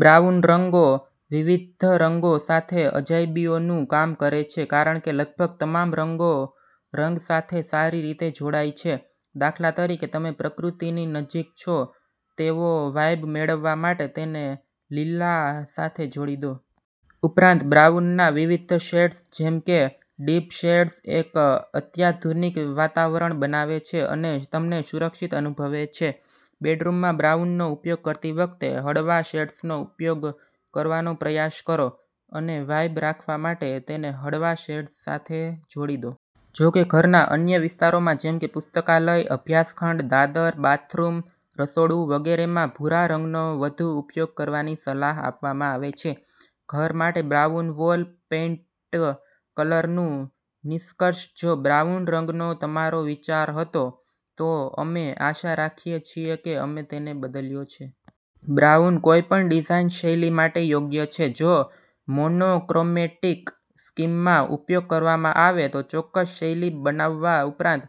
Brown રંગો વિવિધ રંગો સાથે અજાયબીઓનું કામ કરે છે, કારણ કે લગભગ તમામ રંગો રંગ સાથે સારી રીતે જોડાય છે. દાખલા તરીકે, તમે પ્રકૃતિની નજીક છો તેવો વાઇબ મેળવવા માટે તેને લીલા સાથે જોડી દો. ઉપરાંત, બ્રાઉનના વિવિધ શેડ્સ જેમ કે ડીપ શેડ્સ, એક અત્યાધુનિક વાતાવરણ બનાવે છે અને તમને સુરક્ષિત અનુભવે છે. બેડરૂમમાં બ્રાઉનનો ઉપયોગ કરતી વખતે, હળવા શેડ્સનો ઉપયોગ કરવાનો પ્રયાસ કરો અને વાઇબ રાખવા માટે તેને હળવા શેડ્સ સાથે જોડી દો. જો કે, ઘરના અન્ય વિસ્તારોમાં જેમ કે પુસ્તકાલય, અભ્યાસ ખંડ, દાદર, બાથરૂમ, રસોડું વગેરેમાં ભૂરા રંગનો વધુ ઉપયોગ કરવાની સલાહ આપવામાં આવે છે. ઘર માટે બ્રાઉન વોલ પેઇન્ટ કલરનું નિષ્કર્ષ જો બ્રાઉન રંગનો તમારો વિચારહતો, તો અમે આશા રાખીએ છીએ કે અમે તેને બદલ્યો છે! બ્રાઉન કોઈપણ ડિઝાઇન શૈલી માટે યોગ્ય છે. જો મોનોક્રોમેટિક સ્કીમમાં ઉપયોગ કરવામાં આવે તો ચોક્કસ શૈલી બનાવવા ઉપરાંત,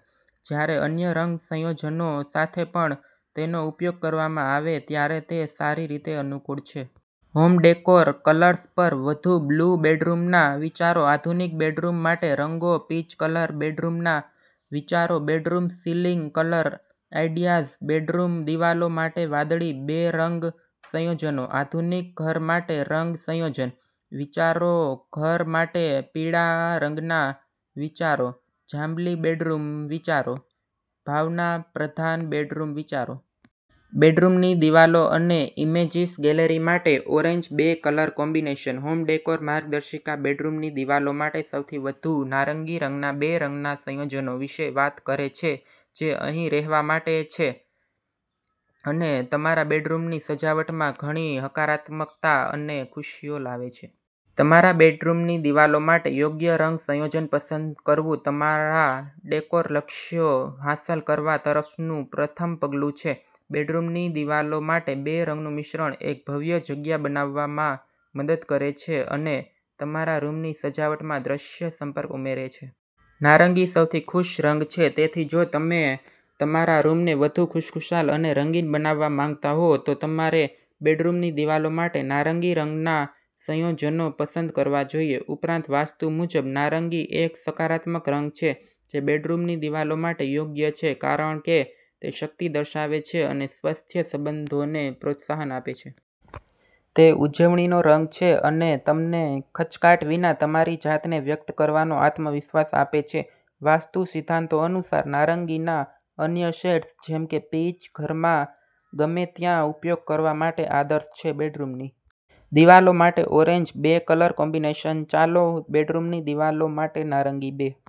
જ્યારે અન્ય રંગ સંયોજનો સાથે પણ તેનો ઉપયોગ કરવામાં આવે ત્યારે તે સારી રીતે અનુકૂળ છે! હોમ ડેકોર કલર્સ પર વધુ બ્લુ બેડરૂમના વિચારો આધુનિક બેડરૂમ માટે રંગો પીચ કલર બેડરૂમના વિચારો bedroom ceiling colour ideas bedroom દિવાલો માટે વાદળી બે રંગ સંયોજનો આધુનિક ઘર માટે રંગ સંયોજન વિચારો ઘર માટે પીળા રંગના વિચારો જાંબલી બેડરૂમ વિચારો ભાવનાપ્રધાન બેડરૂમ વિચારો+.. બેડરૂમની દિવાલો અને ઈમેજીસ ગેલેરી માટે ઓરેન્જ બે કલર કોમ્બિનેશન હોમ ડેકોર માર્ગદર્શિકા બેડરૂમની દિવાલો માટે સૌથી વધુ નારંગી રંગના બે રંગના સંયોજનો વિશે વાત કરે છે જે અહીં રહેવા માટે છે અને તમારા બેડરૂમની સજાવટમાં ઘણી હકારાત્મકતા અને ખુશીઓ લાવે છે. તમારા બેડરૂમની દિવાલો માટે યોગ્ય રંગ સંયોજન પસંદ કરવુંતમારા ડેકોર લક્ષ્યો હાંસલ કરવા તરફનું પ્રથમ પગલું છે. બેડરૂમની દિવાલો માટે બે રંગનું મિશ્રણ એક ભવ્ય જગ્યા બનાવવામાં મદદ કરે છે અને તમારા રૂમની સજાવટમાં દ્રશ્ય સંપર્ક ઉમેરે છે. નારંગીસૌથી ખુશ રંગ છે. તેથી, જો તમે તમારા રૂમને વધુ ખુશખુશાલ અને રંગીન બનાવવા માંગતા હો, તો તમારે બેડરૂમની દિવાલો માટે નારંગી રંગના સંયોજનો પસંદ કરવા જોઈએ. ઉપરાંત, વાસ્તુ મુજબ, નારંગી એક સકારાત્મક રંગ છે જે બેડરૂમની દિવાલો માટે યોગ્ય છે કારણ કે તે શક્તિ દર્શાવે છે અને સ્વસ્થ સંબંધોને પ્રોત્સાહન આપે છે. તે ઉજવણીનો રંગ છે અને તમને ખચકાટ વિના તમારી જાતને વ્યક્ત કરવાનો આત્મવિશ્વાસ આપે છે. વાસ્તુ સિદ્ધાંતો અનુસાર, નારંગીના અન્ય શેડ્સ, જેમ કે પીચ, ઘરમાં ગમે ત્યાં ઉપયોગ કરવા માટે આદર્શ છે. બેડરૂમની દિવાલો માટે ઓરેન્જ બે કલર કોમ્બિનેશન ચાલો બેડરૂમની દિવાલો માટે નારંગી બે